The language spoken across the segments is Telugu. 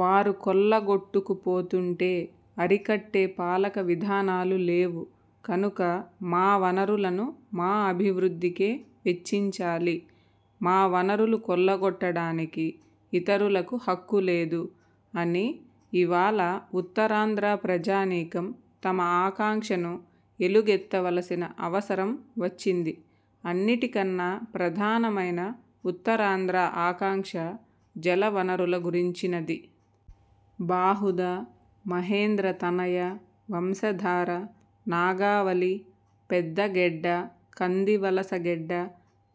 వారు కొల్లగొట్టుకు పోతుంటే అరికట్టే పాలక విధానాలు లేవు. కనుక 'మా వనరులను మా అభివృద్ధికే వెచ్చించాలి', 'మా వనరులు కొల్లగొట్టడానికి ఇతరులకు హక్కు లేదు' అని ఇవాళ ఉత్తరాంధ్ర ప్రజానీకం తమ ఆకాంక్షను ఎలుగెత్తవలసిన అవసరం వచ్చింది. అన్నిటికన్నా ప్రధానమైన ఉత్తరాంధ్ర ఆకాంక్ష జల వనరుల గురించినది. బాహుదా, మహేంద్ర తనయ, వంశధార, నాగావళి, పెద్ద గెడ్డ, కందివలస గెడ్డ,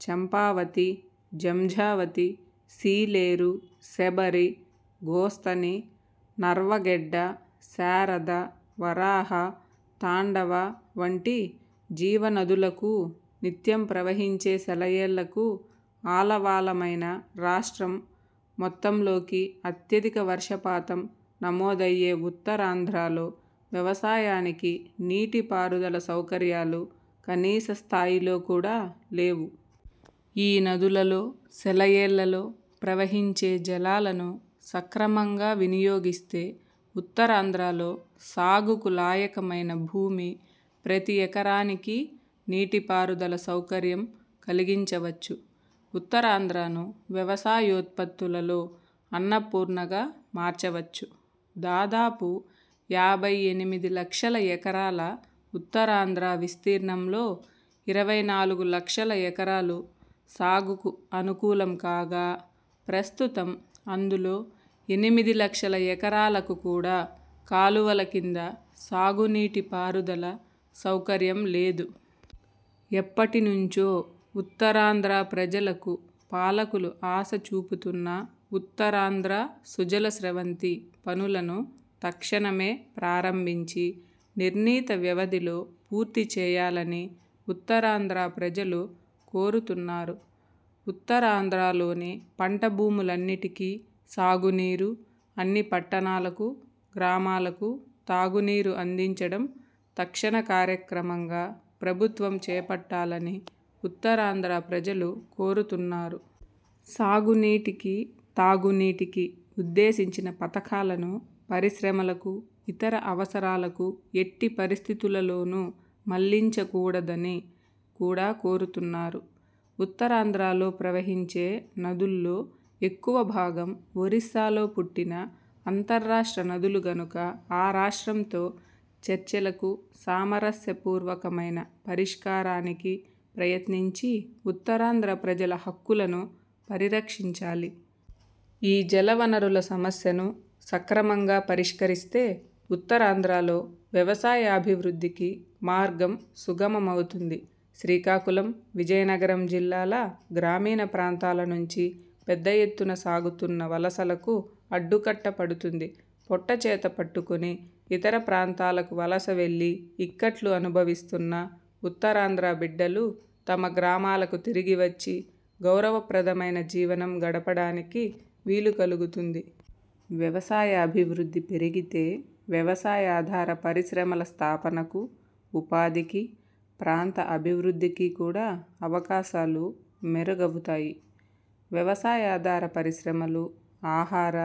చంపావతి, జంఝావతి, సీలేరు, శబరి, గోస్తని, నర్వ గెడ్డ, శారద, వరాహ, తాండవ వంటి జీవ నదులకూ నిత్యం ప్రవహించే సెలయేళ్లకూ ఆలవాలమైన, రాష్ట్రం మొత్తంలోకి అత్యధిక వర్షపాతం నమోదయ్యే ఉత్తరాంధ్రలో వ్యవసాయానికి నీటి పారుదల సౌకర్యాలు కనీస స్థాయిలో కూడా లేవు. ఈ నదులలో సెలయేళ్లలో ప్రవహించే జలాలను సక్రమంగా వినియోగిస్తే ఉత్తరాంధ్రలో సాగుకు లాయకైన భూమి ప్రతి ఎకరానికీ నీటి పారుదల సౌకర్యం కలిగించవచ్చు. ఉత్తరాంధ్రను వ్యవసాయోత్పత్తులలో అన్నపూర్ణగా మార్చవచ్చు. దాదాపు యాభై ఎనిమిది లక్షల ఎకరాల ఉత్తరాంధ్ర విస్తీర్ణంలో ఇరవై నాలుగు లక్షల ఎకరాలు సాగుకు అనుకూలం కాగా, ప్రస్తుతం అందులో ఎనిమిది లక్షల ఎకరాలకు కూడా కాలువల కింద సాగునీటి పారుదల సౌకర్యం లేదు. ఎప్పటి నుంచో ఉత్తరాంధ్ర ప్రజలకు పాలకులు ఆశచూపుతున్న ఉత్తరాంధ్ర సుజల స్రవంతి పనులను తక్షణమే ప్రారంభించి, నిర్ణీత వ్యవధిలో పూర్తి చేయాలని ఉత్తరాంధ్ర ప్రజలు కోరుతున్నారు. ఉత్తరాంధ్రలోని పంట భూములన్నిటికీ సాగునీరు, అన్ని పట్టణాలకూ, గ్రామాలకూ తాగునీరు అందించడం తక్షణ కార్యక్రమంగా ప్రభుత్వం చేపట్టాలని ఉత్తరాంధ్ర ప్రజలు కోరుతున్నారు. సాగు నీటికీ తాగు నీటికీ ఉద్దేశించిన పథకాలను పరిశ్రమలకు, ఇతర అవసరాలకు ఎట్టి పరిస్థితులలోనూ మళ్లించగూడదని కూడా కోరుతున్నారు. ఉత్తరాంధ్రలో ప్రవహించే నదుల్లో ఎక్కువ భాగం ఒరిస్సాలో పుట్టిన అంతర్రాష్ట్ర నదులు గనుక ఆ రాష్ట్రంతో చర్చలకు, సామరస్య పూర్వకమైన పరిష్కారానికి ప్రయత్నించి, ఉత్తరాంధ్ర ప్రజల హక్కులను పరిరక్షించాలి. ఈ జలవనరుల సమస్యను సక్రమంగా పరిష్కరిస్తే ఉత్తరాంధ్రలో వ్యవసాయాభివృద్ధికి మార్గం సుగమమవుతుంది. శ్రీకాకుళం, విజయనగరం జిల్లాల గ్రామీణ ప్రాంతాల నుంచి పెద్ద ఎత్తున సాగుతున్న వలసలకు అడ్డుకట్ట పడుతుంది. పొట్టచేత పట్టుకుని ఇతర ప్రాంతాలకు వలస వెళ్లి ఇక్కట్లు అనుభవిస్తున్న ఉత్తరాంధ్ర బిడ్డలు తమ గ్రామాలకు తిరిగివచ్చి గౌరవప్రదమైన జీవనం గడపడానికి వీలు కలుగుతుంది. వ్యవసాయాభివృద్ధి పెరిగితే వ్యవసాయాధార పరిశ్రమల స్థాపనకు, ఉపాధికీ, ప్రాంత అభివృద్ధికీ కూడా అవకాశాలు మెరుగవుతాయి. వ్యవసాయాధార పరిశ్రమలు, ఆహార,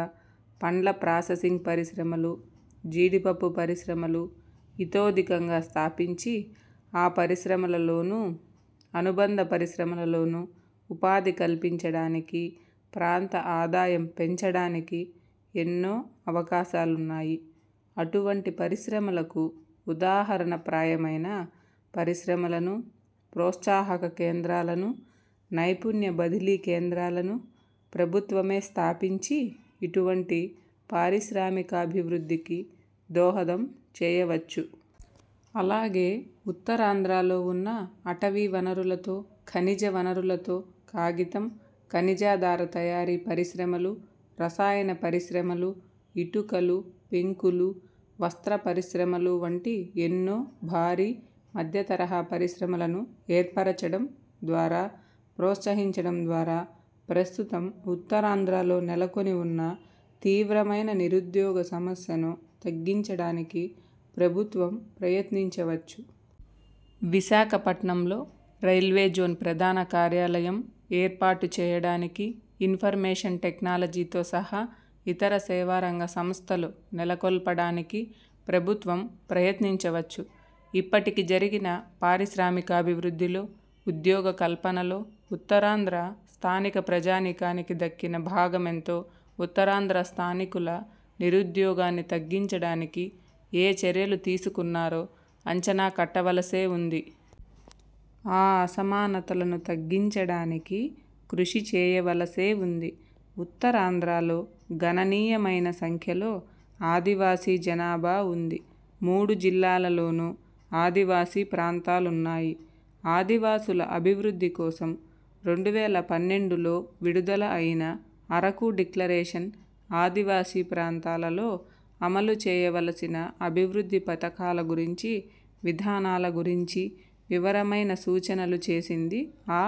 పండ్ల ప్రాసెసింగ్ పరిశ్రమలు, జీడిపప్పు పరిశ్రమలు ఇతోధికంగా స్థాపించి, ఆ పరిశ్రమలలోను, అనుబంధ పరిశ్రమలలోను ఉపాధి కల్పించడానికీ, ప్రాంత ఆదాయం పెంచడానికీ ఎన్నో అవకాశాలున్నాయి. అటువంటి పరిశ్రమలకు ఉదాహరణ ప్రాయమైన పరిశ్రమలను, ప్రోత్సాహక కేంద్రాలను, నైపుణ్య బదిలీ కేంద్రాలను ప్రభుత్వమే స్థాపించి ఇటువంటి పారిశ్రామికాభివృద్ధికి దోహదం చేయవచ్చు. అలాగే ఉత్తరాంధ్రలో ఉన్న అటవీ వనరులతో, ఖనిజ వనరులతో కాగితం, ఖనిజాధార తయారీ పరిశ్రమలు, రసాయన పరిశ్రమలు, ఇటుకలు, పెంకులు, వస్త్ర పరిశ్రమలు వంటి ఎన్నో భారీ, మధ్యతరహా పరిశ్రమలను ఏర్పరచడం ద్వారా, ప్రోత్సహించడం ద్వారా ప్రస్తుతం ఉత్తరాంధ్రలో నెలకొని ఉన్న తీవ్రమైన నిరుద్యోగ సమస్యను తగ్గించడానికి ప్రభుత్వం ప్రయత్నించవచ్చు. విశాఖపట్నంలో రైల్వే జోన్ ప్రధాన కార్యాలయం ఏర్పాటు చేయడానికి, ఇన్ఫర్మేషన్ టెక్నాలజీతో సహా ఇతర సేవారంగ సంస్థలు నెలకొల్పడానికి ప్రభుత్వం ప్రయత్నించవచ్చు. ఇప్పటికి జరిగిన పారిశ్రామికాభివృద్ధిలో, ఉద్యోగకల్పనలో ఉత్తరాంధ్ర స్థానిక ప్రజానీకానికి దక్కిన భాగమెంతో, ఉత్తరాంధ్ర స్థానికుల నిరుద్యోగాన్ని తగ్గించడానికి ఏ చర్యలు తీసుకున్నారో అంచనా కట్టవలసే ఉంది. ఆ అసమానతలను తగ్గించడానికి కృషి చేయవలసే ఉంది. ఉత్తరాంధ్రలో గణనీయమైన సంఖ్యలో ఆదివాసీ జనాభా ఉంది. మూడు జిల్లాలలోను ఆదివాసీ ప్రాంతాలున్నాయి. ఆదివాసుల అభివృద్ధి కోసం రెండు వేల పన్నెండులో విడుదల అయిన అరకు డిక్లరేషన్ ఆదివాసీ ప్రాంతాలలో అమలు చేయవలసిన అభివృద్ధి పథకాల గురించి, విధానాల గురించి వివరమైన సూచనలు చేసింది. ఆ